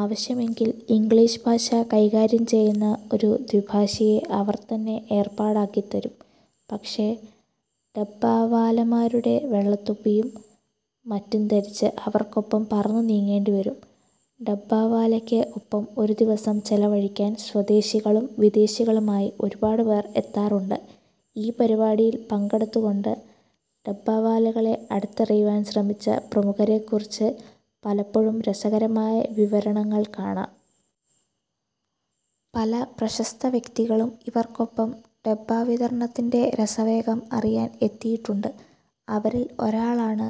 ആവശ്യമെങ്കിൽ ഇംഗ്ലീഷ് ഭാഷ കൈകാര്യം ചെയ്യുന്ന ഒരു ദ്വിഭാഷിയെ അവർ തന്നെ ഏർപ്പാടാക്കി തരും. പക്ഷേ ഡബ്ബാവാലമാരുടെ വെള്ളത്തൊപ്പിയും മറ്റും ധരിച്ച് അവർക്കൊപ്പം പറന്നു നീങ്ങേണ്ടിവരും. ഡബ്ബാവാലക്ക് ഒപ്പം ഒരു ദിവസം ചെലവഴിക്കാൻ സ്വദേശികളും വിദേശികളുമായി ഒരുപാടുപേർ എത്താറുണ്ട്. ഈ പരിപാടിയിൽ പങ്കെടുത്തുകൊണ്ട് ഡബ്ബാവാലകളെ അടുത്തറിയുവാൻ ശ്രമിച്ച പ്രമുഖരെക്കുറിച്ച് പലപ്പോഴും രസകരമായ വിവരണങ്ങൾ കാണാം. പല പ്രശസ്തവ്യക്തികളും ഇവർക്കൊപ്പം ഡബ്ബാവിതരണത്തിന്റെ രസവേഗം അറിയാൻ എത്തിയിട്ടുണ്ട്. അവരിൽ ഒരാളാണ്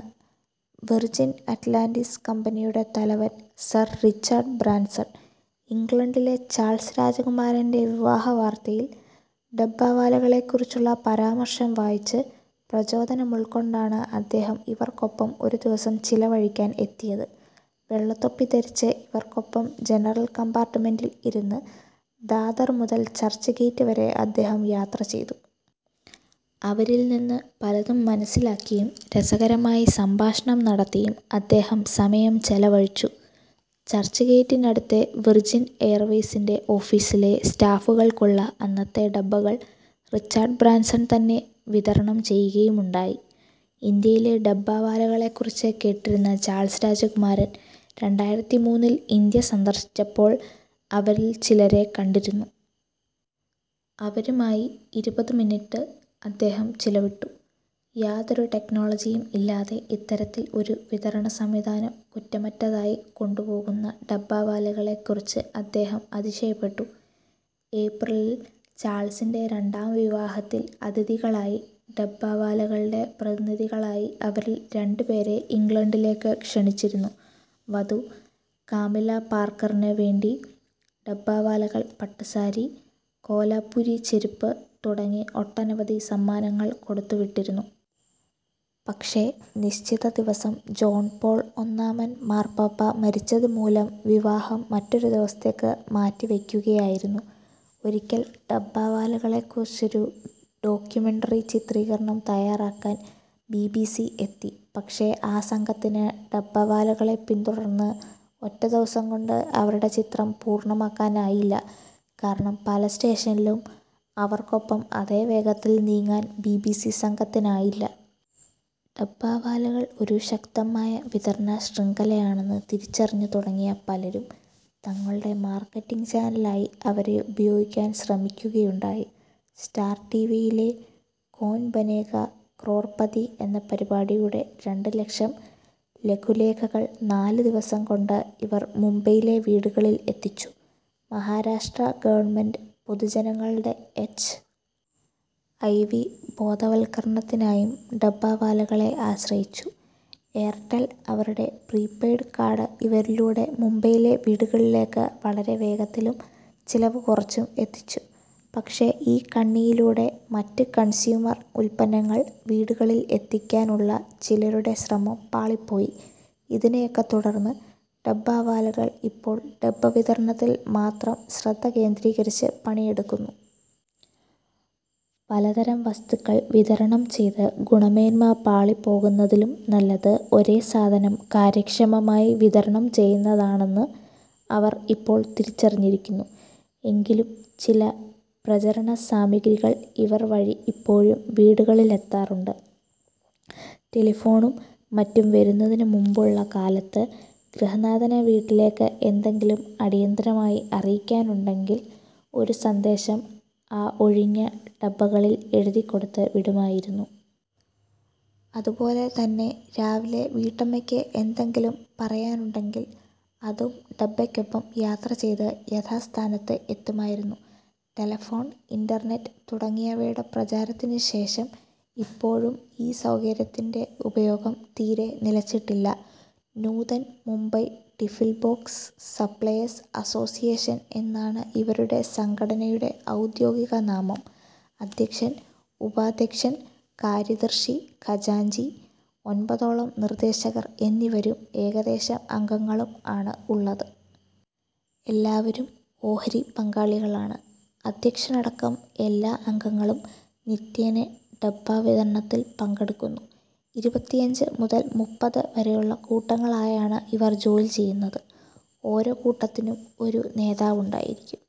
വിർജിൻ അറ്റ്ലാന്റിസ് കമ്പനിയുടെ തലവൻ സർ റിച്ചാർഡ് ബ്രാൻസൺ. ഇംഗ്ലണ്ടിലെ ചാൾസ് രാജകുമാരന്റെ വിവാഹവാർത്തയിൽ ഡബ്ബാവാലകളെക്കുറിച്ചുള്ള പരാമർശം വായിച്ച് പ്രചോദനമുൾക്കൊണ്ടാണ് അദ്ദേഹം ഇവർക്കൊപ്പം ഒരു ദിവസം ചെലവഴിക്കാൻ എത്തിയത്. വെള്ളത്തൊപ്പി ധരിച്ച് ഇവർക്കൊപ്പം ജനറൽ കമ്പാർട്ടുമെന്റിൽ ഇരുന്ന് ദാദർ മുതൽ ചർച്ച് ഗേറ്റുവരെ അദ്ദേഹം യാത്ര ചെയ്തു. അവരിൽ നിന്ന് പലതും മനസ്സിലാക്കിയും രസകരമായി സംഭാഷണം നടത്തിയും അദ്ദേഹം സമയം ചെലവഴിച്ചു. ചർച്ച് ഗേറ്റിനടുത്തെ വിർജിൻ എയർവേയ്സിന്റെ ഓഫീസിലെ സ്റ്റാഫുകൾക്കുള്ള അന്നത്തെ ഡബ്ബകൾ റിച്ചാർഡ് ബ്രാൻസൺ തന്നെ വിതരണം ചെയ്യുകയുമുണ്ടായി. ഇന്ത്യയിലെ ഡബ്ബാവാലകളെ കുറിച്ച് കേട്ടിരുന്ന ചാൾസ് രാജകുമാരൻ രണ്ടായിരത്തിമൂന്നിൽ ഇന്ത്യ സന്ദർശിച്ചപ്പോൾ അവരിൽ ചിലരെ കണ്ടിരുന്നു. അവരുമായി ഇരുപത് മിനിട്ട് അദ്ദേഹം ചിലവിട്ടു. യാതൊരു ടെക്നോളജിയും ഇല്ലാതെ ഇത്തരത്തിൽ ഒരു വിതരണസംവിധാനം കുറ്റമറ്റതായി കൊണ്ടുപോകുന്ന ഡബ്ബാവാലകളെ കുറിച്ച് അദ്ദേഹം അതിശയപ്പെട്ടു. ഏപ്രിലിൽ ചാൾസിന്റെ രണ്ടാം വിവാഹത്തിൽ അതിഥികളായി ഡബ്ബാവാലകളുടെ പ്രതിനിധികളായി അവരിൽ രണ്ടുപേരെ ഇംഗ്ലണ്ടിലേക്ക് ക്ഷണിച്ചിരുന്നു. വധു, കാമില പാർക്കറിനു വേണ്ടി ഡബ്ബാവാലകൾ പട്ടുസാരി, കോലാപ്പുരി ചെരുപ്പ് തുടങ്ങി ഒട്ടനവധി സമ്മാനങ്ങൾ കൊടുത്തുവിട്ടിരുന്നു. പക്ഷേ നിശ്ചിതദിവസം ജോൺ പോൾ ഒന്നാമൻ മാർപ്പാപ്പ മരിച്ചതു മൂലം വിവാഹം മറ്റൊരു ദിവസത്തേക്ക് മാറ്റി വയ്ക്കുകയായിരുന്നു. ഒരിക്കൽ ഡബ്ബാവാലകളെ കുറിച്ചൊരു ഡോക്യുമെന്ററി ചിത്രീകരണം തയ്യാറാക്കാൻ ബീ ബീ സി എത്തി. പക്ഷേ ആ സംഘത്തിനു ഡബ്ബാവാലകളെ പിന്തുടർന്ന് ഒറ്റദിവസംകൊണ്ട് അവരുടെ ചിത്രം പൂർണ്ണമാക്കാനായില്ല. കാരണം പലസ്റ്റേഷനിലും അവർക്കൊപ്പം അതേ വേഗത്തിൽ നീങ്ങാൻ ബീ ബീ സി സംഘത്തിനായില്ല. ഡബ്ബാവാലകൾ ഒരു ശക്തമായ വിതരണ ശൃംഖലയാണെന്ന് തിരിച്ചറിഞ്ഞുതുടങ്ങിയ പലരും തങ്ങളുടെ മാർക്കറ്റിങ്ങ് ചാനലായി അവരെ ഉപയോഗിക്കാൻ ശ്രമിക്കുകയുണ്ടായി. സ്റ്റാർ ടി വിയിലെ "കോൻ ബനേഗാ ക്രോർപതി" എന്ന പരിപാടിയുടെ രണ്ടു ലക്ഷം ലഘുലേഖകൾ നാലു ദിവസം കൊണ്ട് ഇവർ മുംബൈയിലെ വീടുകളിൽ എത്തിച്ചു. മഹാരാഷ്ട്രാ ഗവൺമെന്റ് പൊതുജനങ്ങളുടെ എച്ച്. ഐ. വി. ബോധവൽക്കരണത്തിനായും ഡബ്ബവാലകളെ ആശ്രയിച്ചു. 'എയർടെൽ' അവരുടെ പ്രീ പെയ്ഡ് കാർഡ് ഇവരിലൂടെ മുംബൈയിലെ വീടുകളിലേക്ക് വളരെ വേഗത്തിലും ചെലവു കുറച്ചും എത്തിച്ചു. പക്ഷേ ഈ കണ്ണിയിലൂടെ മറ്റ് കൺസ്യൂമർ ഉല്പന്നങ്ങൾ വീടുകളിൽ എത്തിക്കാനുള്ള ചിലരുടെ ശ്രമം പാളി പോയി. ഇതിനെയൊക്കെത്തുടർന്ന് ഡബ്ബാവാലകൾ ഇപ്പോൾ ഡബ്ബ വിതരണത്തിൽ മാത്രം ശ്രദ്ധ കേന്ദ്രീകരിച്ച് പണിയെടുക്കുന്നു. പലതരം വസ്തുക്കൾ വിതരണം ചെയ്തു ഗുണമേന്മ പാളിപ്പോകുന്നതിലും നല്ലത് ഒരേ സാധനം കാര്യക്ഷമമായി വിതരണം ചെയ്യുന്നതാണെന്നു അവർ ഇപ്പോൾ തിരിച്ചറിഞ്ഞിരിക്കുന്നു. എങ്കിലും ചില പ്രചരണസാമിഗ്രികൾ ഇവർ വഴി ഇപ്പോഴും വീടുകളിലെത്താറുണ്ട്. ടെലഫോണും മറ്റും വരുന്നതിനു മുൻപുള്ള കാലത്ത് ഗൃഹനാഥനു വീട്ടിലേക്ക് എന്തെങ്കിലും അടിയന്തരമായി അറിയിക്കാനുണ്ടെങ്കിൽ ഒരു സന്ദേശം ആ ഒഴിഞ്ഞ ഡബ്ബകളിൽ എഴുതി കൊടുത്തു വിടുമായിരുന്നു. അതുപോലെ തന്നെ രാവിലെ വീട്ടമ്മയ്ക്ക് എന്തെങ്കിലും പറയാനുണ്ടെങ്കിൽ അതും ഡബ്ബയ്ക്കൊപ്പം യാത്രചെയ്ത് യഥാസ്ഥാനത്ത് എത്തുമായിരുന്നു. ടെലഫോൺ, ഇന്റർനെറ്റ് തുടങ്ങിയവയുടെ പ്രചാരത്തിനുശേഷം ഇപ്പോഴും ഈ സൗകര്യത്തിന്റെ ഉപയോഗം തീരെ നിലച്ചിട്ടില്ല. Nutan Mumbai tiffin box suppliers association എന്നാണ് ഇവരുടെ സംഘടനയുടെ ഔദ്യോഗികനാമം. അദ്ധ്യക്ഷൻ, ഉപാദ്ധ്യക്ഷൻ, കാര്യദർശി, ഖജാഞ്ജി, ഒൻപതോളം നിർദ്ദേശകർഎന്നിവരും ഏകദേശം അംഗങ്ങളും ആണ് ഉള്ളത്. എല്ലാവരും ഓഹരി പങ്കാളികളാണ്. അദ്ധ്യക്ഷനടക്കം എല്ലാ അംഗങ്ങളും നിത്യേന ഡബ്ബാവിതരണത്തിൽ പങ്കെടുക്കുന്നു. ഇരുപത്തിഅഞ്ച് മുതൽ മുപ്പത് വരെ ഉള്ള കൂട്ടങ്ങളായാണ് ഇവർ ജോലി ചെയ്യുന്നത്. ഓരോ കൂട്ടത്തിനും ഒരു നേതാവുണ്ടായിരിക്കും.